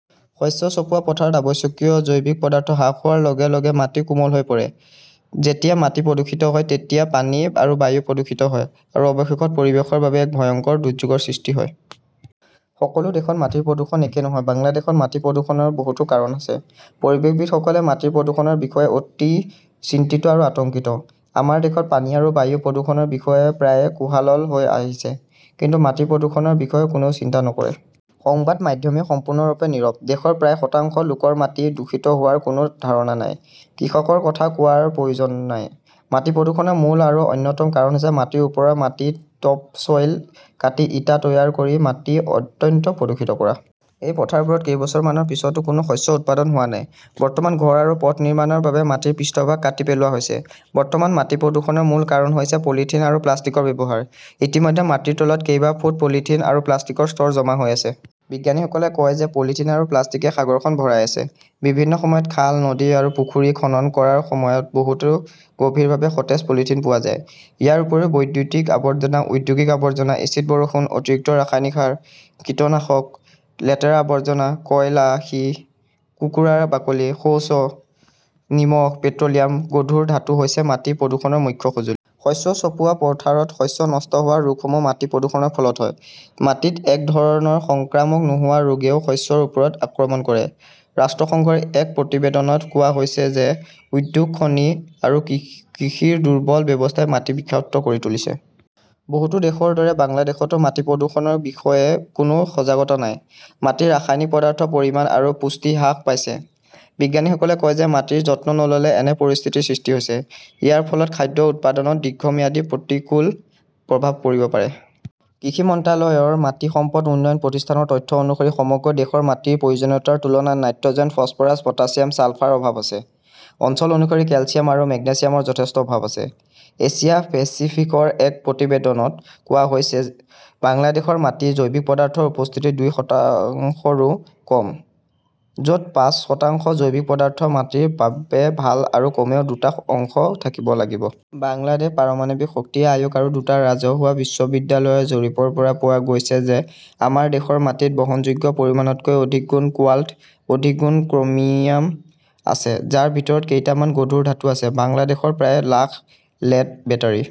শস্য চপোৱা পথাৰত অত্যাৱশ্যকীয় জৈৱিক পদাৰ্থ হ্ৰাস হোৱাৰ লগে লগে মাটি কোমল হৈ পৰে। যেতিয়া মাটি প্ৰদূষিত হয় তেতিয়া পানী আৰু বায়ু প্ৰদূষিত হয় আৰু অৱশেষত পৰিৱেশৰ বাবে এক ভয়ংকৰ দুৰ্যোগৰ সৃষ্টি হয়। সকলো দেশত মাটিৰ প্ৰদূষণ একে নহয়। বাংলাদেশত মাটি প্ৰদূষণৰ বহুতো কাৰণ আছে। পৰিৱেশবিদসকলে মাটিৰ প্ৰদূষণৰ বিষয়ে অতি চিন্তিত আৰু আতংকিত। আমাৰ দেশত পানী আৰু বায়ু প্ৰদূষণৰ বিষয়ে প্ৰায়ে কোলাহল হৈ আহিছে। কিন্তু মাটিৰ প্ৰদূষণৰ বিষয়ে কোনেও চিন্তা নকৰে। সংবাদ মাধ্যমেও সম্পূৰ্ণৰূপে নীৰৱ। দেশৰ প্ৰায় শতাংশ লোকৰ মাটি দূষিত হোৱাৰ কোনো ধাৰণা নাই। কৃষকৰ কথা কোৱাৰ প্ৰয়োজন নাই। মাটি প্ৰদূষণৰ মূল আৰু অন্যতম কাৰণ হৈছে মাটিৰ ওপৰৰ মাটি 'টপ চ'ইল কাটি ইটা তৈয়াৰ কৰি মাটি অত্যন্ত প্ৰদূষিত কৰা। এই পথাৰবোৰত কেইবছৰমানৰ পিছতো কোনো শস্য উৎপাদন হোৱা নাই। বৰ্তমান ঘৰ আৰু পথ নিৰ্মাণৰ বাবে মাটিৰ পৃষ্ঠভাগ কাটি পেলোৱা হৈছে। বৰ্তমান মাটি প্ৰদূষণৰ মূল কাৰণ হৈছে পলিথিন আৰু প্লাষ্টিকৰ ব্যৱহাৰ। ইতিমধ্যে মাটিৰ তলত কেইবা ফুট পলিথিন আৰু প্লাষ্টিকৰ স্তৰ জমা হৈ আছে। বিজ্ঞানীসকলে কয় যে পলিথিন আৰু প্লাষ্টিকেই সাগৰখন ভৰাই আছে। বিভিন্ন সময়ত খাল, নদী আৰু পুখুৰী খনন কৰাৰ সময়ত বহুতো গভীৰভাৱে সতেজ পলিথিন পোৱা যায়। ইয়াৰ উপৰিও বৈদ্যুতিক আৱৰ্জনা, ঔদ্যোগিক আৱৰ্জনা, এচিড বৰষুণ, অতিৰিক্ত ৰাসায়নিক সাৰ, কীটনাশক, লেতেৰা আৱৰ্জনা, কয়লা, সীহ, কুকুৰাৰ বাকলি, শৌচ, নিমখ, পেট্ৰ'লিয়াম, গধুৰ ধাতু হৈছে মাটি প্ৰদূষণৰ মুখ্য সঁজুলি। শস্য চপোৱা পথাৰত শস্য নষ্ট হোৱা ৰোগসমূহ মাটি প্ৰদূষণৰ ফলত হয়। মাটিত এক ধৰণৰ সংক্ৰামক নোহোৱা ৰোগেও শস্যৰ ওপৰত আক্ৰমণ কৰে। ৰাষ্ট্ৰসংঘৰ এক প্ৰতিবেদনত কোৱা হৈছে যে উদ্যোগ, খনি আৰু কৃষিৰ দুৰ্বল ব্যৱস্থাই মাটি বিষাক্ত কৰি তুলিছে। বহুতো দেশৰ দৰে বাংলাদেশতো মাটি প্ৰদূষণৰ বিষয়ে কোনো সজাগতা নাই। মাটিত ৰাসায়নিক পদাৰ্থৰ পৰিমাণ আৰু পুষ্টি হ্ৰাস পাইছে। বিজ্ঞানীসকলে কয় যে মাটিৰ যত্ন নল'লে এনে পৰিস্থিতিৰ সৃষ্টি হৈছে। ইয়াৰ ফলত খাদ্য উৎপাদনত দীৰ্ঘম্যাদী প্ৰতিকূল প্ৰভাৱ পৰিব পাৰে। কৃষি মন্ত্ৰালয়ৰ মাটি সম্পদ উন্নয়ন প্ৰতিষ্ঠানৰ তথ্য অনুসৰি সমগ্ৰ দেশৰ মাটিত প্ৰয়োজনীয়তাৰ তুলনাত নাইট্ৰ'জেন, ফছফৰাছ, পটাছিয়াম, ছালফাৰ অভাৱ আছে। অঞ্চল অনুসৰি কেলচিয়াম আৰু মেগনেছিয়ামৰ যথেষ্ট অভাৱ আছে। এছিয়া পেচিফিকৰ এক প্ৰতিবেদনত কোৱা হৈছে, বাংলাদেশৰ মাটিত জৈৱিক পদাৰ্থৰ উপস্থিতি দুই শতাংশৰো কম, য 'ত পাঁচ শতাংশ জৈৱিক পদাৰ্থ মাটিৰ বাবে ভাল আৰু কমেও দুটা অংশ থাকিব লাগিব। বাংলাদেশ পাৰমাণৱিক শক্তি আয়োগ আৰু দুটা ৰাজহুৱা বিশ্ববিদ্যালয়ৰ জৰীপৰ পৰা পোৱা গৈছে যে আমাৰ দেশৰ মাটিত বহনযোগ্য পৰিমাণতকৈ অধিক গুণ কোৱাল্ট, অধিক গুণ ক্ৰমিয়াম আছে, যাৰ ভিতৰত কেইটামান গধুৰ ধাতু আছে। বাংলাদেশৰ প্ৰায় লাখ লেড বেটাৰী